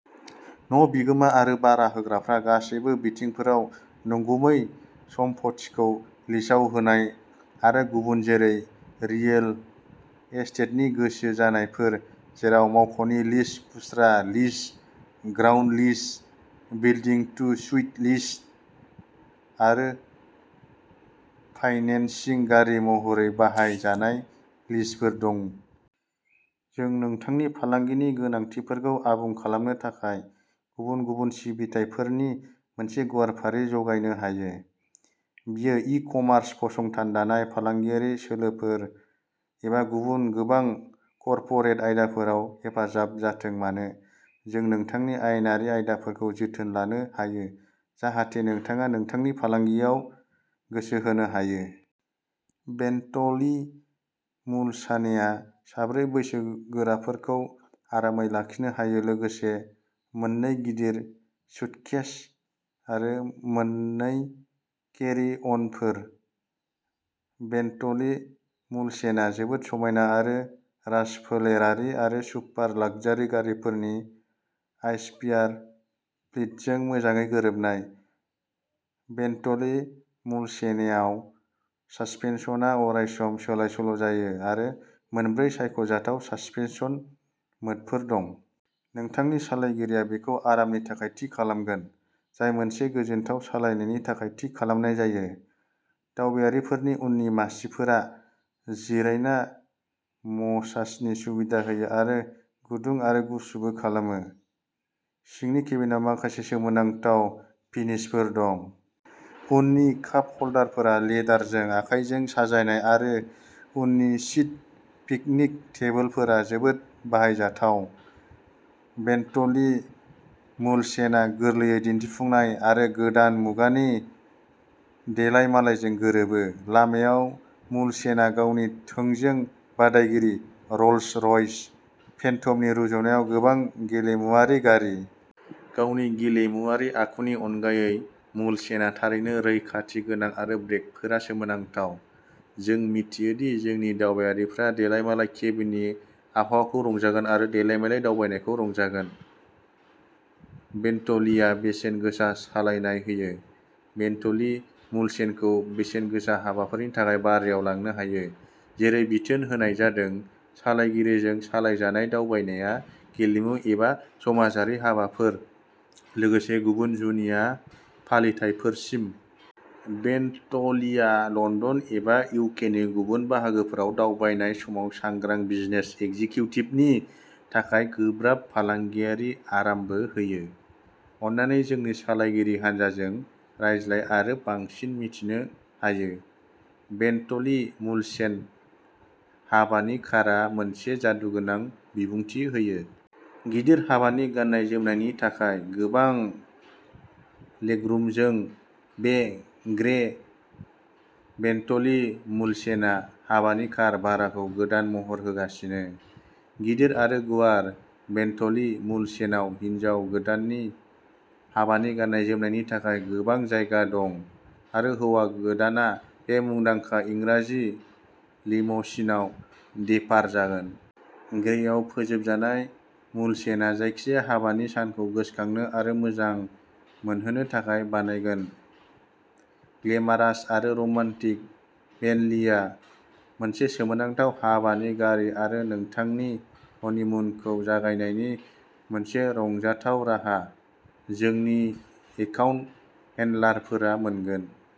न' बिगोमा आरो भारा होग्राफोरा गासैबो बिथिंफोराव नंगुबै सम्फथिखौ लिजआव होनाय आरो गुबुन जेरै रियेल एस्टेटनि गोसो जानायफोर, जेराव मावख'नि लिज, खुस्रा lease, ground lease, build to suit lease आरो फाइनेन्सिं गारि महरै बाहाय जानाय लिजफोर दं। जों नोंथांनि फालांगिनि गोनांथिफोरखौ आबुं खालामनो थाखाय गुबुन गुबुन सिबिथाइफोरनि मोनसे गुवार फारि जगायनो हायो। बेयो इ-कमार्स, फसंथान दानाय, फालांगियारि सोलोफोर, एबा गुबुन गोबां कर्परेट आयदाफोराव हेफाजाब जाथों मानो, जों नोंथांनि आयेनारि आयदाफोरखौ जोथोन लानो हायो जाहाथे नोंथाङा नोंथांनि फालांगियाव गोसो होनो हायो। बेन्टलि मुलसानेआ सा ब्रै बैसोगोराफोरखौ आरामै लाखिनो हायो लोगोसे मोन नै गिदिर सुटकेस आरो मोन नै केरि-अनफोर। बेन्टलि मुलसेनेआ जोबोद समायना आरो राजफोलेरारि आरो सुपार-लक्जारि गारिफोरनि आइच'फियार फ्लीटजों मोजाङै गोरोबनाय। बेन्टलि मुलसेनेआव सासपेनसनआ अरायसम सोलायसोल' जायो आरो मोनब्रै सायख'जाथाव सासपेनसन मोडफोर दं। नोंथांनि सालायगिरिया बेखौ आरामनि थाखाय थि खालामगोन, जाय मोनसे गोजोनथाव सालायनायनि थाखाय थि खालामनाय जायो। दावबायारिफोरनि उननि मासिफोरा। जिरायना मसाजनि सुबिदा होयो आरो गुदुं आरो गुसुबो खालामो। सिंनि केबिनआव माखासे सोमोनांथाव फिनिशफोर दं। उननि काप ह'ल्डारफोरा लेदारजों आखायजों साजायनाय आरो उननि सिट पिकनिक टेबोलफोरा जोबोद बाहायजाथाव। बेन्टलि मुलसेनआ गोरलैयै दिन्थिफुंनाय आरो गोदान मुगानि देलायमालायजों गोरोबो। लामायाव, मुलसेनआ गावनि थोंजों बादायगिरि, र'ल्स-र'यस फेन्टमनि रुजुनायाव गोबां गेलेमुआरि गारि। गावनि गेलेमुआरि आखुनि अनगायै मुलसेनआ थारैनो रैखाथि गोनां आरो ब्रेकफोरा सोमोनांथाव। जों मिथियो दि जोंनि दावबायारिफ्रा देलायमालाय केबिननि आबहावाखौ रंजागोन आरो देलायमालाय दावबायनायखौ रंजागोन। बेन्टलिआ बेसेन गोसा सालायनाय होयो। बेन्टलि मुलसेनखौ बेसेन गोसा हाबाफोरनि थाखाय भारायाव लानो हायो, जेरै बिथोन होनाय जादों सालायगिरिजों सालायजानाय दावबायनाया गेलेमु एबा समाजारि हाबाफारिफोर, लोगोसे गुबुन जुनिया फालिथायफोरसिम। बेन्टलिआ लन्दन एबा इउकेनि गुबुन बाहागोफोराव दावबायनाय समाव सांग्रां बिजनेस एक्जिक्युटिभनि थाखाय गोब्राब फालांगियारि आरामबो होयो। अन्नानै जोंनि सालायगिरि हानजाजों रायज्लाय आरो बांसिन मिथिनो हायो। बेन्टलि मुलसेन हाबानि कारआ मोनसे जादुगोनां बिबुंथि होयो। गिदिर हाबानि गाननाय-जोमनायनि थाखाय गोबां लेगरुमजों, बे ग्रे बेन्टलि मुलसेनआ हाबानि कार भाराखौ गोदान महर होगासिनो। गिदिर आरो गुवार बेन्टलि मुलसेनआव हिन्जाव गोदाननि हाबानि गाननाय-जोमनायनि थाखाय गोबां जायगा दं आरो हौवा गोदानआ बे मुंदांखा इंराजि लिम'सिनआव देपार जागोन। ग्रेआव फोजोबजानाय, मुलसेनआ जायखिजाया हाबानि सानखौ गोसोखांनो आरो मोजां मोनहोनो थाखाय बानायगोन। ग्लेमारास आरो रमान्टिक बेन्टलिआ मोनसे सोमोनांथाव हाबानि गारि आरो नोंथांनि हनिमुनखौ जागायनायनि मोनसे रंजाथाव राहा। जोंनि एकाउन्ट हेन्डलारफोरा मोनगोन।